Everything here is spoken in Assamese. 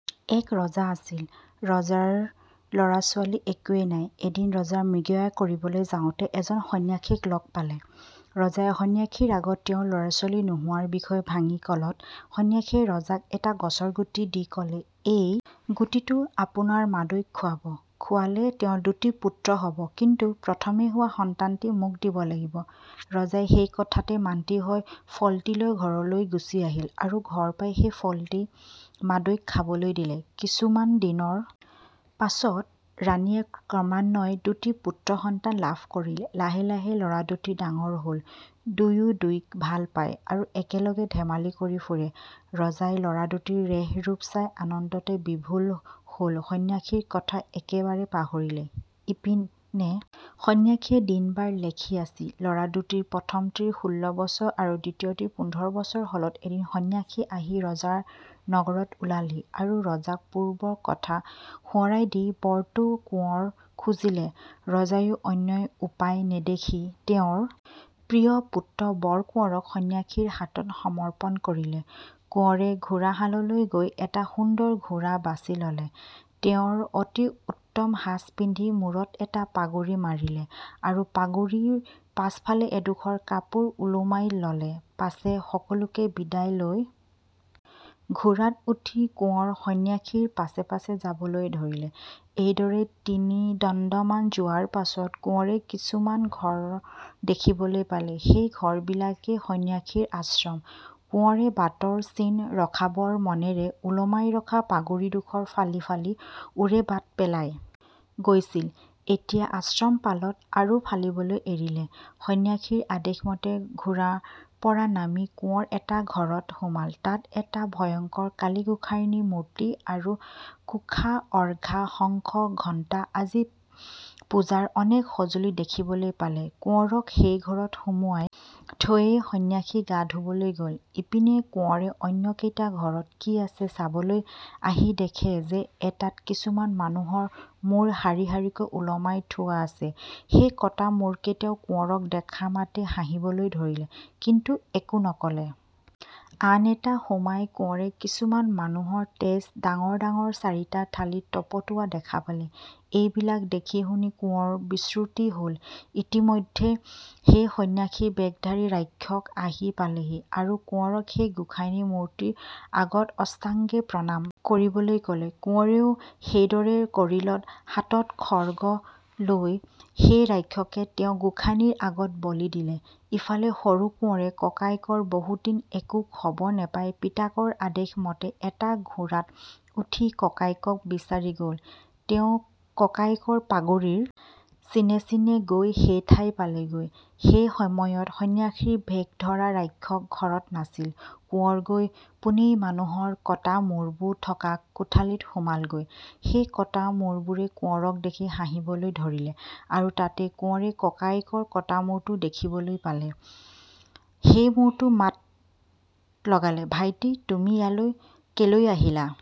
এক ৰজা আছিল৷ ৰজাৰ ল'ৰা-ছোৱালী একোৱেই নাই৷ এদিন ৰজা মৃগয়া কৰিবলৈ যাওঁতে এজন সন্ন্যাসীক লগ পালে৷ ৰজাই সন্ন্যাসীৰ আগত তেওঁৰ ল'ৰা-ছোৱালী নোহোৱাৰ বিষয় ভাঙি ক'লত সন্ন্যাসীয়ে ৰজাক এটা গছৰ গুটি দি ক'লে, "এই গুটিটো আপোনাৰ মাদৈক খুৱাব; খুৱালে তেওঁৰ দুটি পুত্ৰ হব, কিন্তু প্ৰথমে হোৱা সন্তানটি মোক দিব লাগিব৷ "ৰজাই সেই কথাতে মান্তি হৈ ফলটি লৈ ঘৰলৈ গুচি আহিল, আৰু ঘৰ পাই সেই ফলটি মাদৈক খাবলৈ দিলে৷ কিছুমান দিনৰ পাছত ৰাণীয়ে ক্ৰমান্বয়ে দুটি পুত্ৰ-সন্তান লাভ কৰিলে৷ লাহে লাহে ল'ৰা দুটি ডাঙৰ হ'ল, দুয়ো দুইকো ভাল পায় আৰু একেলগে ধেমালি কৰি ফুৰে৷ ৰজাই ল'ৰা দুটিৰ ৰেহ-ৰূপ চাই আনন্দতে বিভোল হ'ল; সন্ন্যাসীৰ কথা একেবাৰেই পাহৰিলে৷ সিপিনে সন্ন্যাসীয়ে দিন-বাৰ লেখি আছিল৷ ল'ৰা দুটিৰ প্ৰথমটিৰ ষোল বছৰ আৰু দ্বিতীয়টিৰ পোন্ধৰ বছৰ হ'লত এদিন সন্ন্যাসী আহি ৰজাৰ নগৰত ওলালহি, আৰু ৰজাক পূৰ্ব্বৰ কথা সোঁৱৰাই দি বৰটো কোঁৱৰ খুজিলে৷ ৰজাইও অন্য উপায় নেদেখি তেওঁৰ প্ৰিয় পুত্ৰ বৰ-কোঁৱৰক সন্ন্যাসীৰ হাতত সমৰ্পণ কৰিলে৷ কোঁৱৰে ঘোৰাশাললৈ গৈ এটা সুন্দৰ ঘোৰা বাছি ল'লে; তেওঁৰ অতি উত্তম সাজ পিন্ধি মুৰত এটা পাগুৰি মাৰিলে, আৰু পাগুৰিৰ পাছফালে এডোখৰ কাপোৰ ওলোমাই ললে৷ পাছে সকলোকে বিদায় লৈ ঘোৰাত উঠি কোঁৱৰ সন্ন্যাসীৰ পাছে পাছে যাবলৈ ধৰিলে৷ এইদৰে তিনি দণ্ডমান যোৱাৰ পাছত কোঁৱৰে কিছুমান ঘৰ দেখিবলৈ পালে; সেই ঘৰবিলাকেই সন্ন্যাসীৰ আশ্ৰম৷ কোঁৱৰে বাটৰ চিন ৰখাবৰ মনেৰে ওলোমাই ৰখা পাগুৰিডোখৰ ফালি ফালি ওৰেবাটে পেলাই গৈছিল, এতিয়া আশ্ৰম পালত আৰু ফালিবলৈ এৰিলে৷ সন্ন্যাসীৰ আদেশমতে ঘোৰাৰপৰা নামি কোঁৱৰ এটা ঘৰত সোমাল৷ তাত তেওঁ এটা ভয়ঙ্কৰ কালী গোঁসানীৰ মূৰ্ত্তি আৰু কোষা-অৰ্ঘা, শঙ্খ-ঘণ্টা আদি পূজাৰ অনেক সজুলি দেখিবলৈ পালে৷ কোঁৱৰক সেই ঘৰত সুমাই থৈয়েই সন্ন্যাসী গা ধুবলৈ গ'ল৷ ইপিনে কোঁৱৰে অন্য কেইটা ঘৰত কি আছে চাবলৈ আহি দেখে যে, এটাত কিছুমান মানুহৰ মূৰ শাৰী শাৰীকৈ ওলোমাই থোৱা আছে৷ সেই কটা-মূৰকেইটাও কোঁৱৰক দেখা মাত্ৰেই হাঁহিবলৈ ধৰিলে, কিন্তু একোকে নক'লে৷ আন এটাত সোমাই কোঁৱৰে কিছুমান মানুহৰ তেজ ডাঙৰ ডাঙৰ চাৰিটা থালিত তপতোৱা দেখা পালে৷ এইবিলাক দেখি-শুনি কোঁৱৰ বিচূৰ্ত্তি হ'ল৷ ইতিমধ্যতে সেই সন্ন্যাসী বেশধাৰী ৰাক্ষস আহি পালেহি, আৰু কোঁৱৰক সেই গোঁসানী মূৰ্ত্তিৰ আগত অষ্টাঙ্গে প্ৰণাম কৰিবলৈ ক'লে৷ কোঁৱৰেও সেইদৰে কৰিলত হাতত খড়্গ লৈ সেই ৰাক্ষসে তেওঁক গোঁসানীৰ আগত বলি দিলে৷ ইফালে, সৰু কোঁৱৰে ককায়েকৰ বহুদিন একো খবৰ নেপাই, পিতাকৰ আদেশমতে এটা ঘোৰাত উঠি ককায়েকক বিচাৰি গ'ল৷ এওঁ ককায়েকৰ পাগুৰিৰ চিনে চিনে গৈ সেই ঠাই পালেগৈ৷ সেই সময়ত সন্ন্যাসীৰ বেশ ধৰা ৰাক্ষস ঘৰত নাছিল৷ কোৱৰ গৈ পোনেই মানুহৰ কটা মূৰবোৰ থকা খোটালিত সোমালোগৈ৷ সেই কটা মূৰবোৰে কোঁৱৰক দেখি হাঁহিবলৈ ধৰিলে, আৰু তাতে কোঁৱৰে ককায়েকৰ কটা মূৰটোও দেখিবলৈ পালে৷ সেই মূৰটোৱে মাত লগালে-"ভাইটি, তুমি ইয়ালৈ কেলৈ আহিলা?